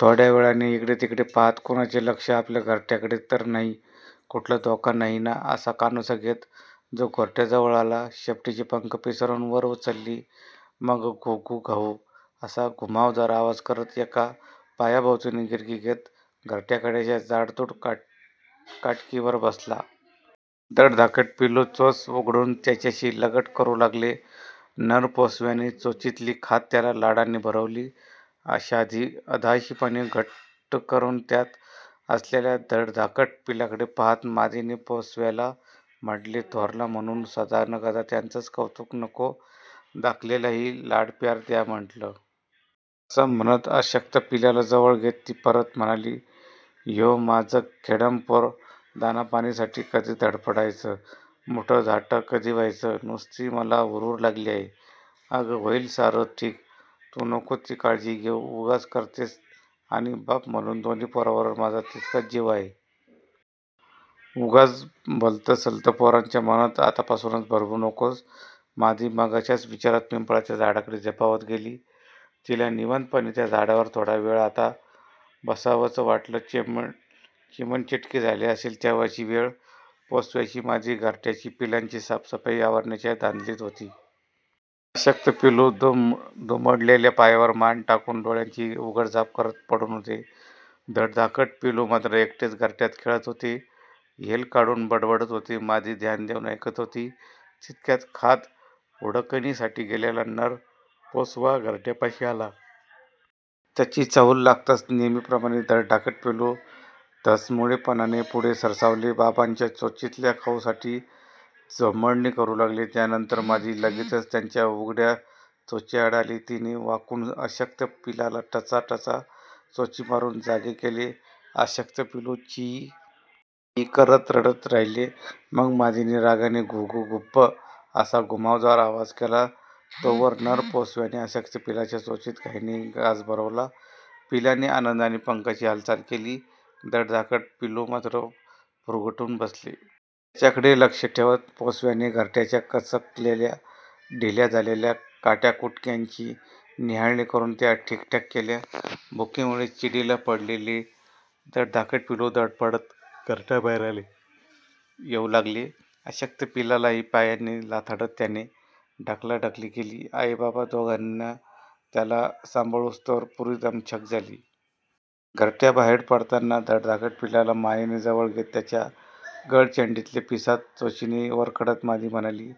थोडय़ा वेळाने इकडे तिकडे पाहत, 'कुणाचे लक्ष आपल्या घरटय़ाकडेतर नाही! कुठला धोका नाही ना! ' असा कानोसा घेत तो घरटय़ाजवळ आला. शेपटीचे पंख पिसारून वर उचलली. मग घु. घु.. घव्व्.. असा घुमावदार आवाज करत एका पायाभोवतीने गिरकी घेत घरटय़ाकडेच्या जाडजूड काटकीवर बसला. धडधाकट पिलू चोच उघडून त्याच्याशी लगट करू लागले. नर पोसव्याने चोचीतली खाद त्याला लाडाने भरवली. अधाशीपणे घुट्ट करुन खात असलेल्या धडधाकट पिलाकडे पाहत मादीने पोसव्याला म्हटले, "थोरला म्हणून सदानकदा त्याचंच कौतुक नको! धाकल्यालाही लाडप्यार द्या म्हटलं! " असं म्हणत अशक्त पिलाला जवळ घेत ती परत म्हणाली, "ह्ये, माझं खेडमं पोर दाणापाणीसाठी कधी धडपडायचं? मोठ्ठधाटं कधी व्हायचं? नुस्ती मला हुरहूर लागली आहे! " "अगं, होईल सारं ठीक! तू नको ती काळजी उगाच करत्येस आणि बाप म्हणून दोन्ही पोरांवर माझा तितकाच जीव आहे. उगाच भलतसलतं पोरांच्या मनांत आतापासूनच भरवू नकोस! " मादी मघाच्याच विचारात पिंपळाच्या झाडाकडे झेपावत गेली. तिला निवांतपणे त्या झाडावर थोडा वेळ आता बसावंसं वाटलं. चिमणचिटके झाले असेल तेव्हाची वेळ... पोसव्याची मादी घरटय़ाची, पिलांची साफसफाई आवरण्याच्या धांदलीत होती. अशक्त पिलू दुमडलेल्या पायांवर मान टाकून डोळयांची उघडझाप करत पडून होते. धडधाकट पिलू मात्र एकटेच घरटय़ात खेळत होते. हेल काढून बडबडत होते. मादी ध्यान देऊन ऐकत होती. तितक्यात खाद हुडकणीसाठी गेलेला नर पोसवा घरटय़ापाशी आला. त्याची चाहूल लागताच नेहमीप्रमाणे धडधाकट पिलू धसमुळेपणाने पुढे सरसावले. बाबांच्या चोचीतल्या खाऊसाठी झोंबडणी करू लागले. त्यानंतर मादी लगेचच त्याच्या उघडय़ा चोचीआड आली. तिने वाकून अशक्त पिलाला टचा.. टचा.. चोची मारून जागे केले. अशक्त पिलू चीई.. चीई.. करत रडत राहिले. मग मादीने रागाने घु.. घु.. घुब्ब.. असा घुमावदार आवाज केला. तोवर नर पोसव्याने अशक्त पिलाच्या चोचीत घाईने घास भरवला. पिलाने आनंदाने पंखाची हालचाल केली. धडधाकट पिलू मात्र फुरगटून बसले. त्याच्याकडे लक्ष ठेवत नर पोसव्याने घरटय़ाच्या कचकलेल्या, ढिल्या झालेल्या काटय़ाकुटक्यांची न्याहळणी करून त्या ठीकठाक केल्या. भुकेमुळे चिडीला पडलेले धडधाकट पिलू धडपडत घरटय़ाबाहेर येऊ लागले. अशक्त पिलालाही पायांनी लाथाडत त्याने ढकलाढकली केली. आईबाबा दोघांना त्याला सांभाळूस्तोवर पुरी दमछाक झाली. घरटय़ाबाहेर पडताना धडधाकट पिल्लाला मायेने जवळ घेत त्याच्या गळचेंडीतल्या पीसांत चोचीने ओरखडत मादी म्हणाली,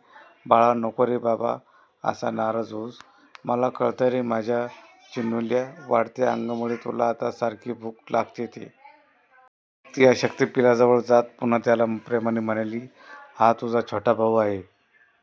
"बाळा, नको रे बाबा असा नाराज होऊस, मला कळतं रे माझ्या चिन्नुल्या! वाढत्या अंगामुळे तुला आता सारखी भूक लागत्ये ते! " मग ती अशक्त पिलाजवळ जात पुन्हा त्याला प्रेमाने म्हणाली, "हा तुझा छोटा भाऊ आहे